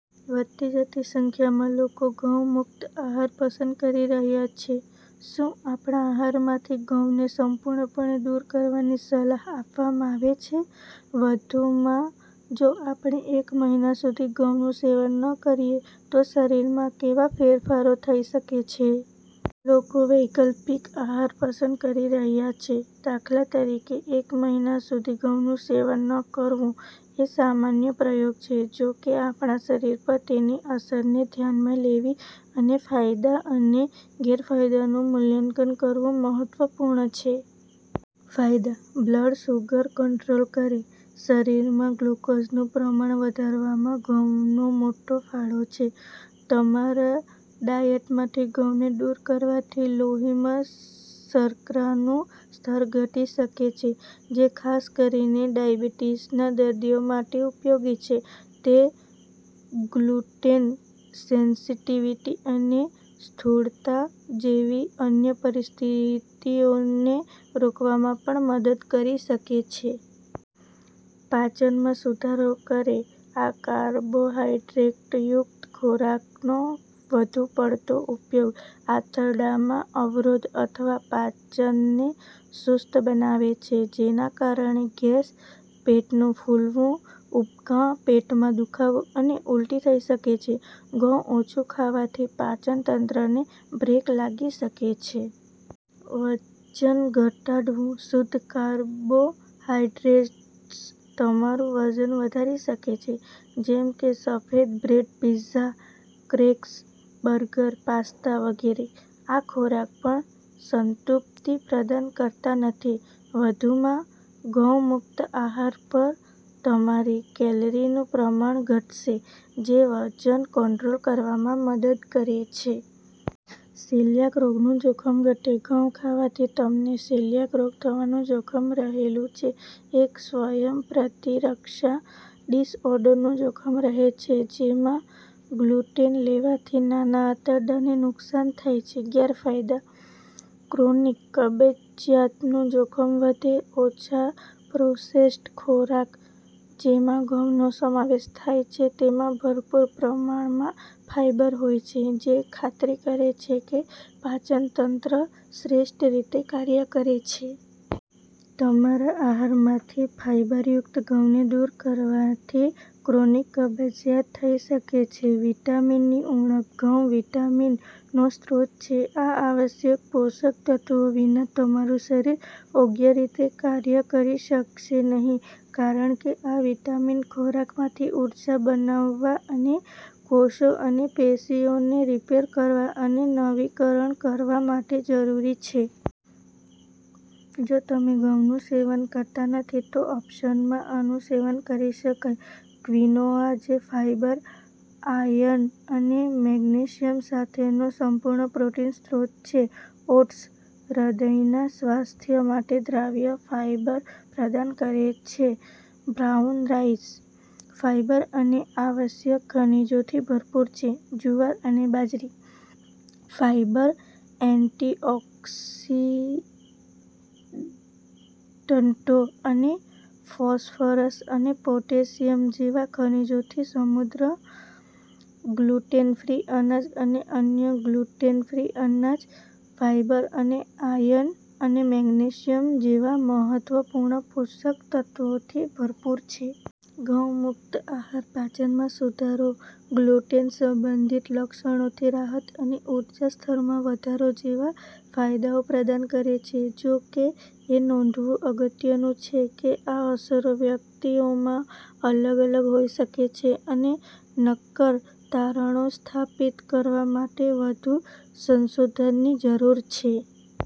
વધતી જતી સંખ્યામાં લોકો ઘઉં-મુક્ત આહાર પસંદ કરી રહ્યા છે. શું આપણા આહારમાંથી ઘઉંને સંપૂર્ણપણે દૂર કરવાની સલાહ આપવામાં આવે છે? વધુમાં, જો આપણે એક મહિના સુધી ઘઉંનું સેવન ન કરીએ તો શરીરમાં કેવા ફેરફારો થઈ શકે છે? લોકો વૈકલ્પિક આહાર પસંદ કરી રહ્યા છે, દાખલા તરીકે, એક મહિના સુધી ઘઉંનું સેવન ન કરવું એ સામાન્ય પ્રયોગ છે. જો કે, આપણા શરીર પર તેની અસરને ધ્યાનમાં લેવી અને ફાયદા અને ગેરફાયદાનું મૂલ્યાંકન કરવું મહત્વપૂર્ણ છે. ફાયદા: બ્લડ સુગર કંટ્રોલ કરે, શરીરમાં ગ્લુકોઝનું પ્રમાણ વધારવામાં ઘઉંનો મોટો ફાળો છે. તમારા ડાયટમાંથી ઘઉંને દૂર કરવાથી લોહીમાં શર્કરાનું સ્તર ઘટી શકે છે, જે ખાસ કરીને ડાયાબિટીસના દર્દીઓ માટે ઉપયોગી છે. તે ગ્લુટેન સેન્સિટિવિટી અને સ્થૂળતા જેવી અન્ય પરિસ્થિતિઓને રોકવામાં પણ મદદ કરી શકે છે. પાચનમાં સુધારો કરે, આ કાર્બોહાઇડ્રેટયુક્ત ખોરાકનો વધુ પડતો ઉપયોગ આંતરડામાં અવરોધ અથવા પાચનને સુસ્ત બનાવે છે, જેના કારણે ગેસ, પેટનું ફૂલવું, ઉબકા, પેટમાં દુખાવો અને ઉલટી થઈ શકે છે. ઘઉં ઓછું ખાવાથી પાચનતંત્રને બ્રેક લાગી શકે છે. વજન ઘટાડવું, શુદ્ધ કાર્બોહાઇડ્રેટ્સ તમારું વજન વધારી શકે છે, જેમ કે સફેદ bread, pizza, crackers, burger, pasta વગેરે. આ ખોરાક પણ સંતૃપ્તિ પ્રદાન કરતા નથી. વધુમાં, ઘઉં-મુક્ત આહાર પર તમારી કેલરીનું પ્રમાણ ઘટશે, જે વજન કંટ્રોલ કરવામાં મદદ કરે છે. સેલિયાક રોગનું જોખમ ઘટે, ઘઉં ખાવાથી તમને સેલિયાક રોગ થવાનું જોખમ રહેલું છે, એક સ્વયંપ્રતિરક્ષા ડિસઓર્ડરનું જોખમ રહે છે, જેમાં ગ્લુટેન લેવાથી નાના આંતરડાને નુકસાન થાય છે. ગેરફાયદા:ક્રોનિક કબજિયાતનું જોખમ વધે, ઓછા પ્રોસેસ્ડ ખોરાક જેમાં ઘઉંનો સમાવેશ થાય છે તેમાં ભરપૂર પ્રમાણમાં ફાઇબર હોય છે, જે ખાતરી કરે છે કે પાચનતંત્ર શ્રેષ્ઠ રીતે કાર્ય કરે છે. તમારા આહારમાંથી ફાઈબરયુક્ત ઘઉંને દૂર કરવાથી ક્રોનિક કબજિયાત થઈ શકે છે. વિટામિન ની ઉણપ, ઘઉં વિટામિન નો સ્ત્રોત છે. આ આવશ્યક પોષક તત્ત્વો વિના, તમારું શરીર યોગ્ય રીતે કાર્ય કરી શકશે નહીં કારણ કે આ વિટામિન ખોરાકમાંથી ઊર્જા બનાવવા અને કોષો અને પેશીઓને રિપેર કરવા અને નવીકરણ કરવા માટે જરૂરી છે. જો તમે ઘઉંનું સેવન કરતા નથી તો ઓપ્શનમાં આનું સેવન કરી શકાય: ક્વિનોઆ જે ફાઇબર, આયર્ન અને મેગ્નેશિયમ સાથેનો સંપૂર્ણ પ્રોટીન સ્ત્રોત છે, ઓટ્સ: હૃદયના સ્વાસ્થ્ય માટે દ્રાવ્ય ફાઇબર પ્રદાન કરે છે, બ્રાઉન રાઈસ: ફાઈબર અને આવશ્યક ખનિજોથી ભરપૂર છે, જુવાર અને બાજરી: ફાઇબર, એન્ટીઑકિસડન્ટો અને ફોસ્ફરસ અને પોટેશિયમ જેવા ખનિજોથી સમૃદ્ધ ગ્લુટેન ફ્રી અનાજ અને અન્ય ગ્લુટેન ફ્રી અનાજ ફાઇબર અને આયર્ન અને મેગ્નેશિયમ જેવા મહત્વપૂર્ણ પોષક તત્વોથી ભરપૂર છે. ઘઉં-મુક્ત આહાર પાચનમાં સુધારો, ગ્લુટેન-સંબંધિત લક્ષણોથી રાહત અને ઉર્જા સ્તરમાં વધારો જેવા ફાયદાઓ પ્રદાન કરે છે. જો કે, એ નોંધવું અગત્યનું છે કે આ અસરો વ્યક્તિઓમાં અલગ અલગ હોઈ શકે છે, અને નક્કર તારણો સ્થાપિત કરવા માટે વધુ સંશોધનની જરૂર છે.